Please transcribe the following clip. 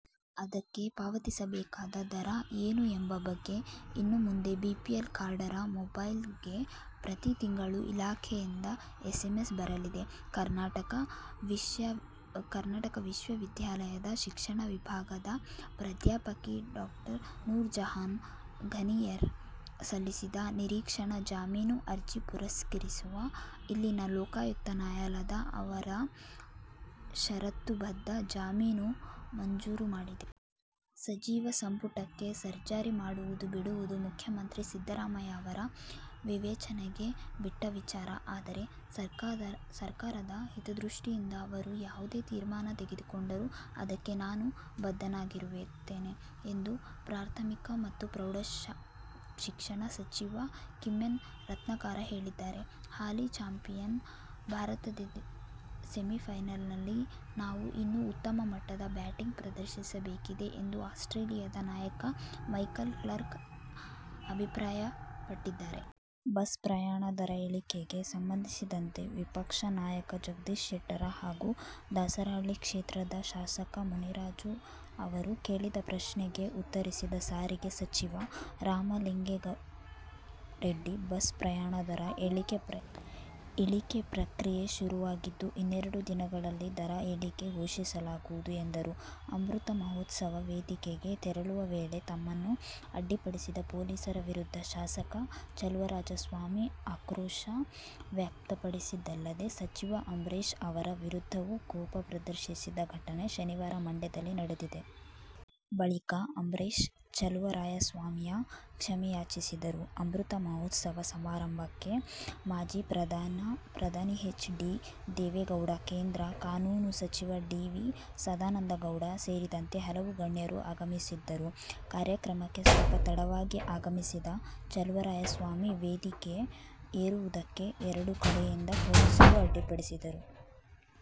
ಅದಕ್ಕೆ ಪಾವತಿಸಬೇಕಾದ ದರ ಏನು ಎಂಬ ಬಗ್ಗೆ ಇನ್ನು ಮುಂದೆ ಬಿಪಿಎಲ್ ಕಾರ್ಡ್ದಾರರ ಮೊಬೈಲ್ಗೆ ಪ್ರತಿ ತಿಂಗಳು ಇಲಾಖೆಯಿಂದ ಎಸ್ಎಂಎಸ್ ಬರಲಿದೆ. ಕರ್ನಾಟಕ ವಿಶ್ವವಿದ್ಯಾಲಯದ ಶಿಕ್ಷಣ ವಿಭಾಗದ ಪ್ರಾಧ್ಯಾಪಕಿ ಡಾ ನೂರಜಹಾನ್ ಘನಿಯಾರ್ ಸಲ್ಲಿಸಿದ್ದ ನಿರೀಕ್ಷಣಾ ಜಾಮೀನು ಅರ್ಜಿ ಪುರಸ್ಕರಿಸಿರುವ ಇಲ್ಲಿನ ಲೋಕಾಯುಕ್ತ ನ್ಯಾಯಾಲಯ ಅವರಿಗೆ ಷರತ್ತುಬದ್ಧ ಜಾಮೀನು ಮಂಜೂರು ಮಾಡಿದೆ. ಸಚಿವ ಸಂಪುಟಕ್ಕೆ ಸರ್ಜರಿ ಮಾಡುವುದು ಬಿಡುವುದು ಮುಖ್ಯಮಂತ್ರಿ ಸಿದ್ದರಾಮಯ್ಯ ಅವರ ವಿವೇಚನೆಗೆ ಬಿಟ್ಟ ವಿಚಾರ. ಆದರೆ, ಸರ್ಕಾರದ ಹಿತದೃಷ್ಟಿಯಿಂದ ಅವರು ಯಾವುದೇ ತೀರ್ಮಾನ ತೆಗೆದುಕೊಂಡರೂ ಅದಕ್ಕೆ ನಾನು ಬದ್ಧನಾಗಿರುತ್ತೇನೆ ಎಂದು ಪ್ರಾಥಮಿಕ ಮತ್ತು ಪ್ರೌಢ ಶಿಕ್ಷಣ ಸಚಿವ ಕಿಮ್ಮನೆ ರತ್ನಾಕರ ಹೇಳಿದ್ದಾರೆ. ಹಾಲಿ ಚಾಂಪಿಯನ್ ಭಾರತದೆದುರಿನ ಸೆಮಿಫೈನಲ್ನಲ್ಲಿ ನಾವು ಇನ್ನೂ ಉತ್ತಮ ಮಟ್ಟದ ಬ್ಯಾಟಿಂಗ್ ಪ್ರದರ್ಶಿಸಬೇಕಿದೆ ಎಂದು ಆಸ್ಟ್ರೇಲಿಯದ ನಾಯಕ ಮೈಕಲ್ ಕ್ಲಾರ್ಕ್ ಅಭಿಪ್ರಾಯಪಟ್ಟಿದ್ದಾರೆ. ಬಸ್ ಪ್ರಯಾಣದರ ಇಳಿಕೆಗೆ ಸಂಬಂಧಿಸಿದಂತೆ ವಿಪಕ್ಷ ನಾಯಕ ಜಗದೀಶ್ ಶೆಟ್ಟರ್ ಹಾಗೂ ದಾಸರಹಳ್ಳಿ ಕ್ಷೇತ್ರದ ಶಾಸಕ ಮುನಿರಾಜು ಅವರು ಕೇಳಿದ ಪ್ರಶ್ನೆಗೆ ಉತ್ತರಿಸಿದ ಸಾರಿಗೆ ಸಚಿವ ರಾಮಲಿಂಗಾರೆಡ್ಡಿ, ಬಸ್ ಪ್ರಯಾಣದರ ಇಳಿಗೆ ಪ್ರಕ್ರಿಯೆ ಶುರುವಾಗಿದ್ದು, ಇನ್ನೆರಡು ದಿನಗಳಲ್ಲಿ ದರ ಇಳಿಕೆ ಘೋಷಿಸಲಾಗುವುದು ಎಂದರು. ಅಮೃತ ಮಹೋತ್ಸವ ವೇದಿಕೆಗೆ ತೆರಳುವ ವೇಳೆ ತಮ್ಮನ್ನು ಅಡ್ಡಿಪಡಿಸಿದ ಪೊಲೀಸರ ವಿರುದ್ಧ ಶಾಸಕ ಚಲುವರಾಯಸ್ವಾಮಿ ಆಕ್ರೋಶ ವ್ಯಕ್ತಪಡಿಸಿದ್ದಲ್ಲದೆ, ಸಚಿವ ಅಂಬರೀಶ್ ಅವರ ವಿರುದ್ಧವೂ ಕೋಪ ಪ್ರದರ್ಶಿಸಿದ ಘಟನೆ ಶನಿವಾರ ಮಂಡ್ಯದಲ್ಲಿ ನಡೆದಿದೆ. ಬಳಿಕ, ಅಂಬರೀಶ್ ಚಲುವರಾಯಸ್ವಾಮಿಯ ಕ್ಷಮೆಯಾಚಿಸಿದರು. ಅಮೃತ ಮಹೋತ್ಸವ ಸಮಾರಂಭಕ್ಕೆ ಮಾಜಿ ಪ್ರಧಾನಿ ಎಚ್. ಡಿ. ದೇವೇಗೌಡ, ಕೇಂದ್ರ ಕಾನೂನು ಸಚಿವ ಡಿ. ವಿ. ಸದಾನಂದಗೌಡ ಸೇರಿದಂತೆ ಹಲವು ಗಣ್ಯರು ಆಗಮಿಸಿದ್ದರು. ಕಾರ್ಯಕ್ರಮಕ್ಕೆ ಸ್ವಲ್ಪ ತಡವಾಗಿ ಆಗಮಿಸಿದ ಚಲುವರಾಯಸ್ವಾಮಿ ವೇದಿಕೆ ಏರುವುದಕ್ಕೆ ಎರಡೂ ಕಡೆಯಿಂದ ಪೊಲೀಸರು ಅಡ್ಡಿಪಡಿಸಿದರು.